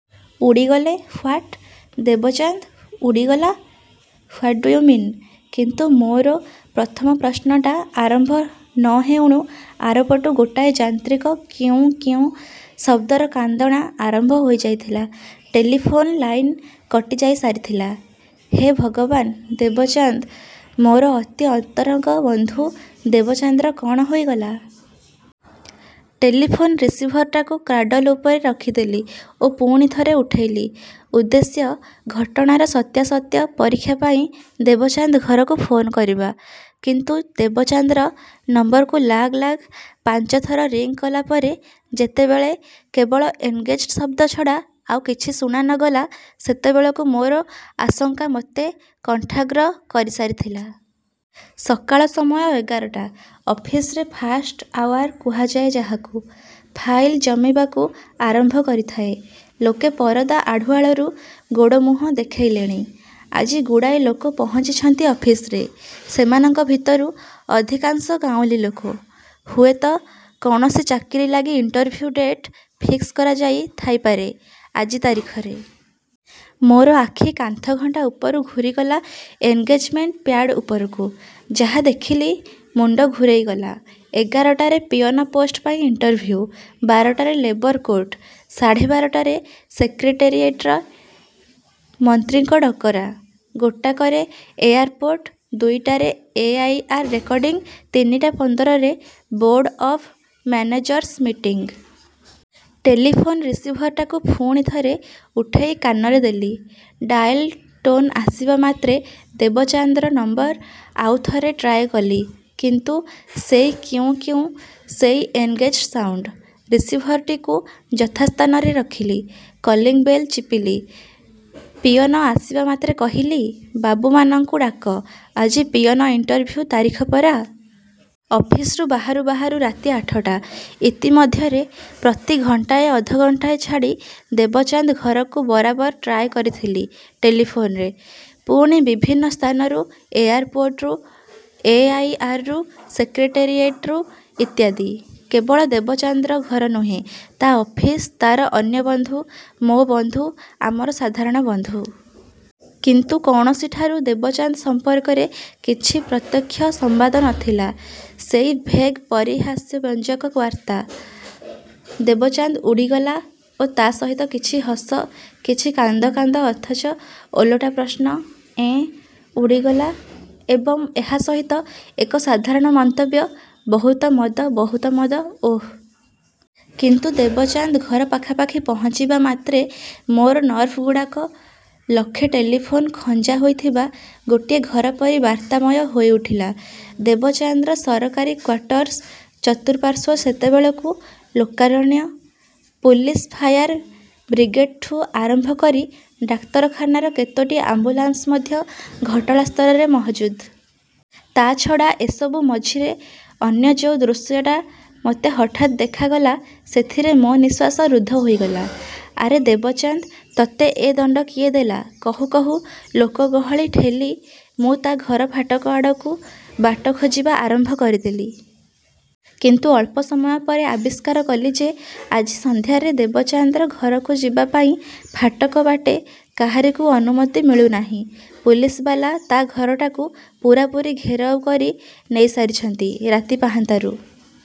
ଉଡ଼ିଗଲେ! What? Debchand? ଉଡ଼ିଗଲା? What do you mean? କିନ୍ତୁ ମୋର ପ୍ରଥମ ପ୍ରଶ୍ନଟା ଆରମ୍ଭ ନ ହେଉଣୁ ଆରପଟୁ ଗୋଟାଏ ଯାନ୍ତ୍ରିକ କ୍ୟୁଁ କ୍ୟୁଁ ଶବ୍ଦର କାନ୍ଦଣା ଆରମ୍ଭ ହୋଇଯାଇଥିଲା। Telephone line କଟିଯାଇସାରିଥିଲା। ହେ ଭଗବାନ! ଦେବଚାନ୍ଦ, ମୋର ଅତି ଅନ୍ତରଙ୍ଗ ବନ୍ଧୁ ଦେବଚାନ୍ଦର କଅଣ ହୋଇଗଲା! ଟେଲିଫୋନ ରିସିଭରଟାକୁ କ୍ରାଡଲ ଉପରେ ରଖିଦେଲି ଓ ପୁଣି ଥରେ ଉଠେଇଲି। ଉଦ୍ଦେଶ୍ୟ, ଘଟଣାର ସତ୍ୟାସତ୍ୟ ପରୀକ୍ଷା ପାଇଁ ଦେବଚାନ୍ଦ ଘରକୁ ଫୋନ କରିବା। କିନ୍ତୁ ଦେବଚାନ୍ଦର ନମ୍ବରକୁ ଲାଗ୍ ଲାଗ୍ ପାଞ୍ଚ ଥର ରିଂ କଲା ପରେ ଯେତେବେଳେ କେବଳ ଏନଗେଜ୍‌ଡ ଶବ୍ଦ ଛଡ଼ା ଆଉ କିଛି ଶୁଣା ନ ଗଲା, ସେତେବେଳକୁ ମୋର ଆଶଙ୍କା ମତେ କଣ୍ଠାଗ୍ର କରିସାରିଥିଲା। ସକାଳ ସମୟ ଏଗାରଟା। ଅଫିସରେ ଫାଷ୍ଟ ଆୱାର କୁହାଯାଏ ଯାହାକୁ। ଫାଇଲ ଜମିବାକୁ ଆରମ୍ଭ କରିଥାଏ। ଲୋକେ ପରଦା ଆଢ଼ୁଆଳରୁ ଗୋଡ଼ ମୁହଁ ଦେଖେଇଲେଣି। ଆଜି ଗୁଡ଼ାଏ ଲୋକ ପହଞ୍ଚିଛନ୍ତି ଅଫିସରେ। ସେମାନଙ୍କ ଭିତରୁ ଅଧିକାଂଶ ଗାଉଁଲୀ ଲୋକ। ହୁଏତ କୌଣସି ଚାକିରି ଲାଗି ଇଣ୍ଟରଭ୍ୟୁ ଡେଟ୍ ଫିକ୍ସ କରାଯାଇ ଥାଇପାରେ ଆଜି ତାରିଖରେ। ମୋର ଆଖି କାନ୍ଥଘଣ୍ଟା ଉପରୁ ଘୂରିଗଲା ଏନଗେଜମେଣ୍ଟ ପ୍ୟାଡ୍ ଉପରକୁ। ଯାହା ଦେଖିଲି ମୁଣ୍ଡ ଘୂରେଇଗଲା। ଏଗାରଟାରେ ପିଅନ ପୋଷ୍ଟ ପାଇଁ ଇଣ୍ଟରଭ୍ୟୁ, ବାରଟାରେ ଲେବର କୋର୍ଟ, ସାଢ଼େ ବାରଟାରେ ସେକ୍ରେଟେରିଏଟରେ ମନ୍ତ୍ରୀଙ୍କ ଡକରା, ଗୋଟାକରେ ଏୟାରପୋର୍ଟ, ଦୁଇଟାରେ ଏ ଆଇ ଆର ରେକର୍ଡିଂ, ତିନିଟା ପନ୍ଦରରେ board of managers meeting. Telephone ରିସିଭରଟାକୁ ପୁଣି ଥରେ ଉଠେଇ କାନରେ ଦେଲି। ଡାଏଲ ଟୋନ ଆସିବା ମାତ୍ରେ ଦେବଚାନ୍ଦର ନମ୍ବର ଆଉ ଥରେ ଟ୍ରାଏ କଲି। କିନ୍ତୁ ସେଇ କ୍ୟୁଁ କ୍ୟୁଁ, ସେଇ ଏନଗେଜ୍‌ଡ ସାଉଣ୍ଡ! ରିସିଭରଟିକୁ ଯଥାସ୍ଥାନରେ ରଖିଲି। କଲିଂବେଲ ଚିପିଲି। ପିଅନ ଆସିବା ମାତ୍ରେ କହିଲି, ବାବୁମାନଙ୍କୁ ଡାକ, ଆଜି ପିଅନ ଇଣ୍ଟରଭ୍ୟୁ ତାରିଖ ପରା! ଅଫିସରୁ ବାହାରୁ ବାହାରୁ ରାତି ଆଠଟା। ଇତିମଧ୍ୟରେ ପ୍ରତି ଘଣ୍ଟାଏ ଅଧଘଣ୍ଟାଏ ଛାଡ଼ି ଦେବଚାନ୍ଦ ଘରକୁ ବରାବର ଟ୍ରାଏ କରିଥିଲି ଟେଲିଫୋନରେ। ପୁଣି ବିଭିନ୍ନ ସ୍ଥାନରୁ, ଏୟାରପୋର୍ଟରୁ, ଏ ଆଇ ଆରରୁ, ସେକ୍ରେଟେରିଏଟରୁ ଇତ୍ୟାଦି। କେବଳ ଦେବଚାନ୍ଦର ଘର ନୁହେଁ, ତା' ଅଫିସ, ତାର ଅନ୍ୟ ବନ୍ଧୁ, ମୋ ବନ୍ଧୁ, ଆମର ସାଧାରଣ ବନ୍ଧୁ। କିନ୍ତୁ କୌଣସିଠାରୁ ଦେବଚାନ୍ଦ ସମ୍ପର୍କରେ କିଛି ପ୍ରତ୍ୟକ୍ଷ ସମ୍ବାଦ ନ ଥିଲା। ସେଇ ଭେଗ୍ ପରିହାସବ୍ୟଞ୍ଜକ ବାର୍ତ୍ତା, ଦେବଚାନ୍ଦ ଉଡ଼ିଗଲା, ଓ ତା' ସହିତ କିଛି ହସ, କିଛି କାନ୍ଦ କାନ୍ଦ ଅଥଚ ଓଲଟା ପ୍ରଶ୍ନ, ଏଁ? ଉଡ଼ିଗଲା? ଏବଂ ଏହା ସହିତ ଏକ ସାଧାରଣ ମନ୍ତବ୍ୟ, ବହୁତ ମଦ, ବହୁତ ମଦ, ଓଃ! କିନ୍ତୁ ଦେବଚାନ୍ଦ ଘର ପାଖାପାଖି ପହଞ୍ଚିବା ମାତ୍ରେ ମୋର ନର୍ଭଗୁଡ଼ାକ ଲକ୍ଷେ ଟେଲିଫୋନ ଖଞ୍ଜା ହୋଇଥିବା ଗୋଟିଏ ଘର ପରି ବାର୍ତ୍ତାମୟ ହୋଇଉଠିଲା। ଦେବଚାନ୍ଦର ସରକାରୀ କ୍ୱାଟର୍ସ ଚତୁଃପାର୍ଶ୍ୱ ସେତେବେଳକୁ ଲୋକାରଣ୍ୟ। ପୁଲିସ, ଫାୟାର ବ୍ରିଗେଡଠୁଁ ଆରମ୍ଭ କରି ଡାକ୍ତରଖାନାର କେତୋଟି ଆମ୍ବୁଲାନ୍ସ ମଧ୍ୟ ଘଟଣାସ୍ଥଳରେ ମହଜୁଦ। ତା' ଛଡ଼ା, ଏସବୁ ମଝିରେ ଅନ୍ୟ ଯୋଉ ଦୃଶ୍ୟଟା ମତେ ହଠାତ୍ ଦେଖାଗଲା ସେଥିରେ ମୋ ନିଃଶ୍ୱାସ ରୁଦ୍ଧ ହୋଇଗଲା। ଆରେ ଦେବଚାନ୍ଦ, ତତେ ଏ ଦଣ୍ଡ କିଏ ଦେଲା! କହୁ କହୁ ଲୋକଗହଳି ଠେଲି ମୁଁ ତା' ଘର ଫାଟକ ଆଡ଼କୁ ବାଟ ଖୋଜିବା ଆରମ୍ଭ କରିଦେଲି। କିନ୍ତୁ ଅଳ୍ପ ସମୟ ପରେ ଆବିଷ୍କାର କଲି ଯେ ଆଜି ସନ୍ଧ୍ୟାରେ ଦେବଚାନ୍ଦର ଘରକୁ ଯିବା ପାଇଁ ଫାଟକ ବାଟେ କାହାରିକୁ ଅନୁମତି ମିଳୁନାହିଁ। ପୁଲିସବାଲା ତା' ଘରଟାକୁ ପୂରାପୂରି ଘେରାଉ କରି ନେଇସାରିଛନ୍ତି ରାତି ପାହାନ୍ତାରୁ।